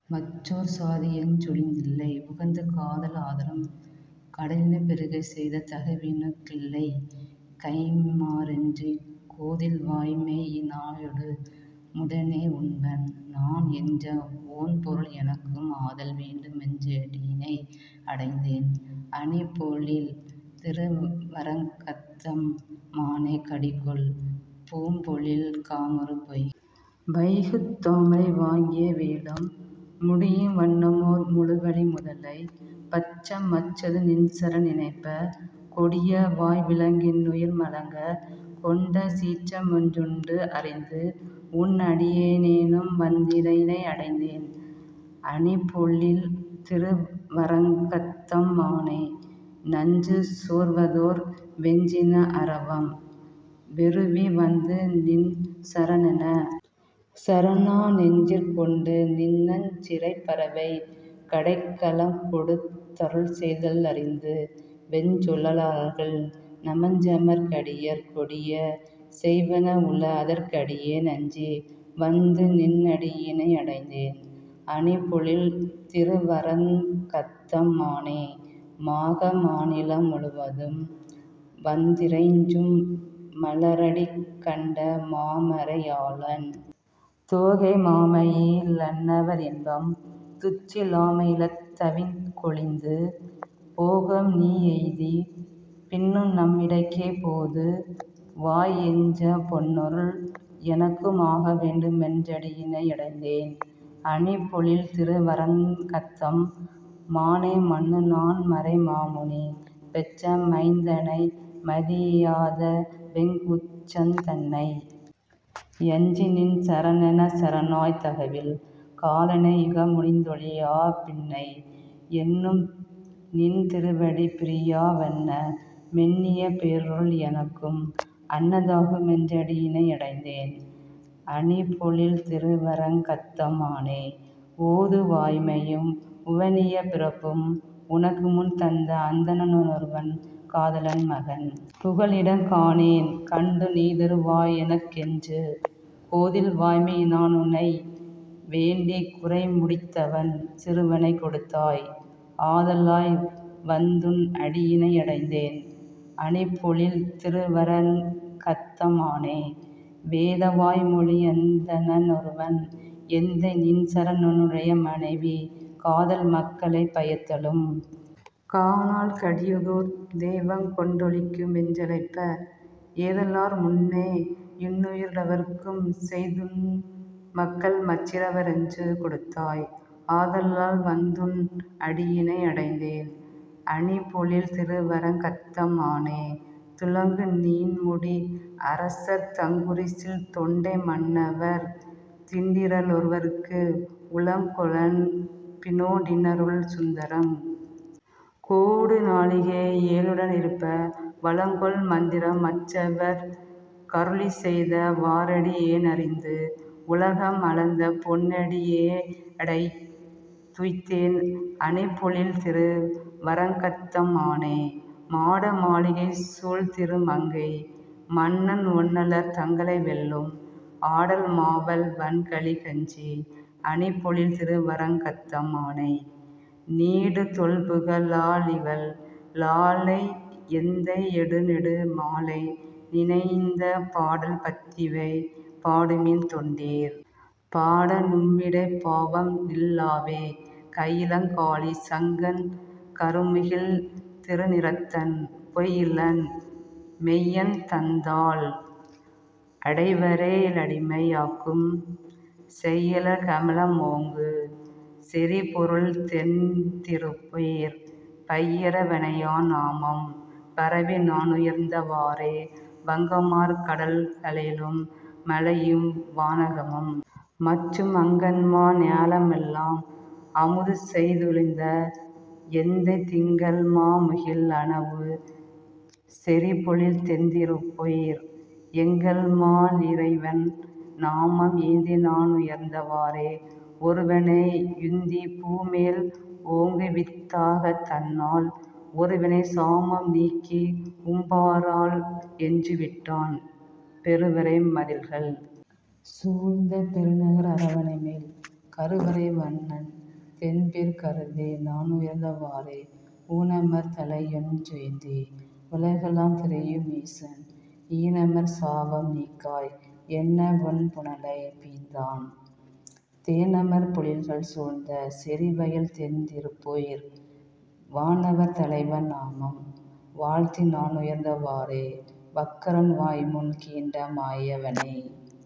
மற்றோர் சாதியென் றொழிந்திலை, உகந்து காதல் ஆதரம் கடலினும் பெருகச் செய்த தகவினுக் கில்லைகைம் மாறென்று கோதில் வாய்மையி னாயொடு முடனே உண்பன் நான் என்ற ஓண்பொருள் எனக்கும் ஆதல் வேண்டுமென் றடியிணை யடைந்தேன் அணிபொ ழில்திரு வரங்கத்தம் மானே கடிகொள் பூம்பொழில் காமரு பொய்கை வைகு தாமரை வாங்கிய வேழம், முடியும் வண்ணமோர் முழுவலி முதலை பற்ற மற்றது நின்சரண் நினைப்ப கொடிய வாய்விலங் கின்னுயிர்மலங்கக் கொண்டசீற்றமொன் றுண்டுள தறிந்து, உன் அடிய னேனும்வந் தடியிணை யடைந்தேன் அணிபொ ழில்திரு வரங்கத்தம் மானே நஞ்சு சோர்வதோர் வெஞ்சின அரவம் வெருவி வந்துநின் சரணெனச் சரணா நெஞ்சிற் கொண்டுநின் னஞ்சிறைப் பறவைக் கடைக்க லம்கொடுத் தருள்செய்த தறிந்து வெஞ்சொ லாளர்கள் நமன்றமர் கடியர் கொடிய செய்வன வுள, அதற் கடியேன் அஞ்சி வந்துநின் னடியிணை யடைந்தேன் அணிபொ ழில்திரு வரங்கத்தம் மானே மாக மாநிலம் முழுவதும்வந் திரைஞ்சும் மலர டிகண்ட மாமறை யாளன், தோகை மாமயி லன்னவ ரின்பம் துற்றி லாமையிலத்தவிங் கொழிந்து போகம் நீயெய்திப் பின்னும்நம் மிடைக்கே போது வாய், என்ற பொன்னருள், எனக்கும் ஆக வேண்டுமென் றடியிணை யடைந்தேன் அணிபொ ழில்திரு வரங்கத்தம் மானே மன்னு நான்மறை மாமுனி பெற்ற மைந்த னைமதி யாதவெங் கூற்றந் தன்னை யஞ்சிநின் சரணெனச் சரணாய்த் தகவில் காலனை யுகமுனிந் தொழியா பின்னை யென்றும்நின் திருவடி பிரியா வண்ண மெண்ணிய பேரருள், எனக்கும் அன்ன தாகுமென் றடியிணை யடைந்தேன் அணிபொ ழில்திரு வரங்கத்தம் மானே ஓது வாய்மையும் உவனியப் பிறப்பும் உனக்கு முன்தந்த அந்தண னொருவன், காத லென்மகன் புகலிடங் காணேன், கண்டு நீதரு வாயெனக் கென்று, கோதில் வாய்மையி னானுனை வேண்டிய குறைமு டித்தவன் சிறுவனைக் கொடுத்தாய், ஆத லால்வந்துன் அடியிணை யடைந்தேன் அணிபொ ழில்திரு வரங்கத்தம் மானே வேத வாய்மொழி யந்தண னொருவன் எந்தை நின்சர ணென்னுடை மனைவி, காதல் மக்களைப் பயத்தலும் காணாள் கடிய தோர் தெய்வங்கொண் டொளிக்கும், என்றழைப்ப ஏத லார்முன்னே யின்னரு ளவர்க்குச் செய்துன் மக்கள்மற் றிவரென்று கொடுத்தாய், ஆத லால்வந்துன் அடியிணை யடைந்தேன் அணிபொ ழில்திரு வரங்கத்தம் மானே துளங்கு நீண்முடி அரசர்தங்குரிசில் தொண்டை மன்னவன் திண்டிற லொருவற்கு உளங்கொ ளன்பினோ டின்னருள் சுரந்தங் கோடு நாழிகை யேழுடனிருப்ப, வளங்கொள் மந்திரம் மற்றவற் கருளிச் செய்த வாறடி யேனறிந்து, உலகம் அளந்த பொன்னடி யேயடைந் துய்ந்தேன் அணிபொ ழில்திரு வரங்கத்தம் மானே மாடமாளிகை சூழ்திரு மங்கை மன்னன் ஒன்னலர் தங்களை வெல்லும், ஆடல் மாவல் வன்கலி கன்றி அணிபொ ழில்திரு வரங்கத்தம் மானை, நீடு தொல்புக ழாழிவல் லானை எந்தை யைநெடு மாலைநி னைந்த, பாடல் பத்திவை பாடுமின் தொண்டீர். பாட நும்மிடைப் பாவம்நில் லாவே கையிலங் காழி சங்கன் கருமுகில் திருநி றத்தன், பொய்யிலன் மெய்யன் தந்தாள் அடைவரே லடிமை யாக்கும், செய்யலர் கமல மோங்கு செறிபொழில் தென்தி ருப்பேர் பையர வணையான் நாமம் பரவிநா னுய்ந்த வாறே வங்கமார் கடல்க ளேழும் மலையும்வா னகமும் மற்றும், அங்கண்மா ஞால மெல்லாம் அமுதுசெய் துமிழ்ந்த எந்தை, திங்கள்மா முகில்அ ணவு செறிபொழில் தெந்தி ருப்பேர், எங்கள்மா லிறைவன் நாமம் ஏத்திநா னுய்ந்த வாறே ஒருவனை யுந்திப் பூமேல் ஓங்குவித் தாகந் தன்னால், ஒருவனைச் சாபம் நீக்கி உம்பராள், என்று விட்டான், பெருவரை மதிள்கள் சூழ்ந்த பெருநகர் அரவ ணைமேல் கருவரை வண்ணன் தென்பேர் கருதிநா னுய்ந்த வாறே ஊனமர் தலையொன் றேந்தி உலகெலாம் திரியு மீசன் ஈனமர் சாபம் நீக்காய், என்னவொண் புனலை யீந்தான், தேனமர் பொழில்கள் சூழ்ந்த செறிவயல் தென்தி ருப்பேர், வானவர் தலைவன் நாமம் வாழ்த்திநா னுய்ந்த வாறே வக்கரன் வாய்முன் கீண்ட மாயவனே